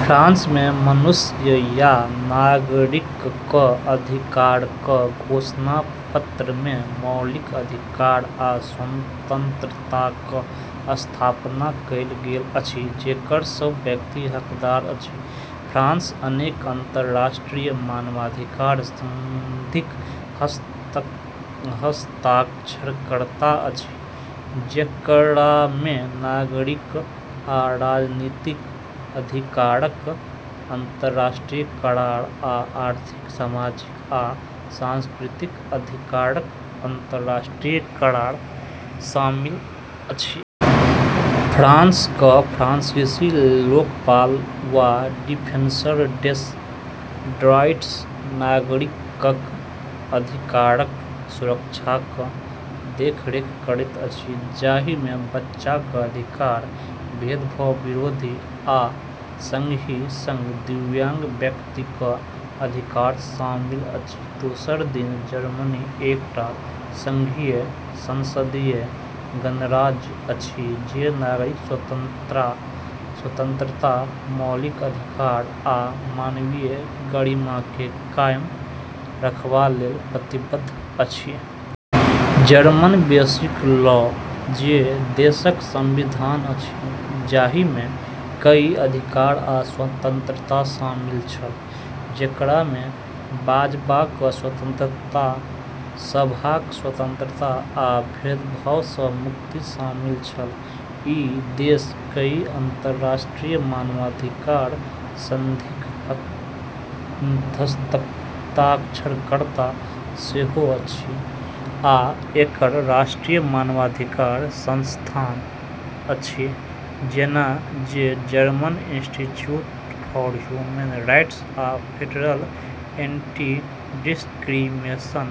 फ्रांसमे मनुष्य आ नागरिकक अधिकारक घोषणापत्रमे मौलिक अधिकार आ स्वतंत्रताक स्थापना कएल गेल अछि जेकर सभ व्यक्ति हकदार अछि। फ्रांस अनेक अंतर्राष्ट्रीय मानवाधिकार संधिक हस्ताक्षरकर्ता अछि, जेकरामे नागरिक आ राजनीतिक अधिकारक अंतर्राष्ट्रीय करार आ आर्थिक, सामाजिक आ सांस्कृतिक अधिकारक अंतर्राष्ट्रीय करार शामिल अछि। फ्रांसक फ्रांसीसी लोकपाल वा डिफेन्सर डेस ड्रॉइट्स नागरिकक अधिकारक सुरक्षाक देखरेख करैत अछि, जाहिमे बच्चाक अधिकार, भेदभाव विरोधी, आ संगहि संग दिव्यांग व्यक्तिक अधिकार शामिल अछि। दोसर दिस जर्मनी एकटा संघीय संसदीय गणराज्य अछि जे नागरिक स्वतंत्रता, मौलिक अधिकार, आ मानवीय गरिमाकेँ कायम रखबा लेल प्रतिबद्ध अछि। जर्मन बेसिक लॉ, जे देशक संविधान अछि, जाहिमे कई अधिकार आ स्वतंत्रता शामिल छल, जेकरामे बाजबाक स्वतंत्रता, सभाक स्वतंत्रता, आ भेदभाव सँ मुक्ति शामिल छल। ई देश कई अंतर्राष्ट्रीय मानवाधिकार संधिक हस्ताक्षरकर्ता सेहो अछि, आ एकर राष्ट्रीय मानव अधिकार संस्थान अछि, जेना जे German institute for human rights आ फेडरल एंटी-डिस्क्रिमिनेशन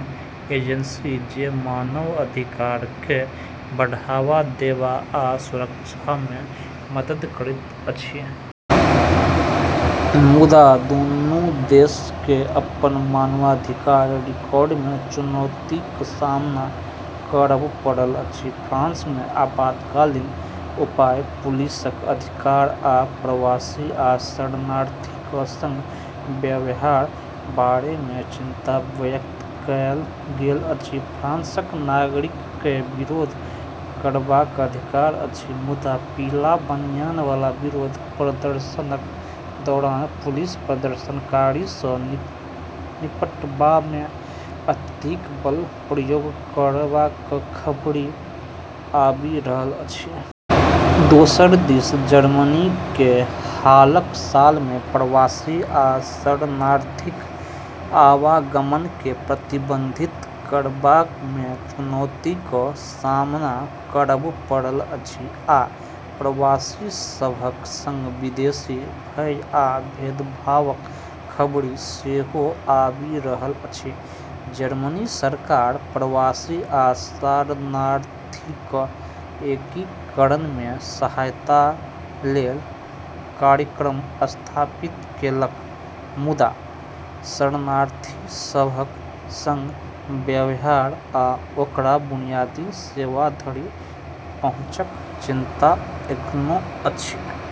एजेंसी, जे मानव अधिकारकेँ बढ़ावा देबा आ सुरक्षामे मदद करैत अछि। मुदा दुनू देशकेँ अपन मानवाधिकार रिकॉर्डमे चुनौतीक सामना करब पड़ल अछि। फ्रांसमे आपातकालीन उपाय, पुलिसक अधिकार, आ प्रवासी आ शरणार्थीक संग व्यवहारक बारेमे चिंता व्यक्त कएल गेल अछि। फ्रांसक नागरिककेँ विरोध करबाक अधिकार अछि, मुदा पीला बनियान बला विरोध प्रदर्शनक दौरान पुलिस प्रदर्शनकारी सँ निपटबामे अत्यधिक बल प्रयोग करबाक खबरि आबि रहल अछि। दोसर दिस जर्मनीकेँ हालक सालमे प्रवासी आ शरणार्थीक आवागमनकेँ प्रबंधित करबामे चुनौतीक सामना करब पड़ल अछि, आ प्रवासी सभक संग विदेशी भय आ भेदभावक खबरि सेहो आबि रहल अछि। जर्मनी सरकार प्रवासी आ शरणार्थीक एकीकरणमे सहायता लेल कार्यक्रम स्थापित केलक, मुदा शरणार्थी सभक संग व्यवहार आ ओकरा बुनियादी सेवा धरि पहुँचक चिंता अखनो अछि।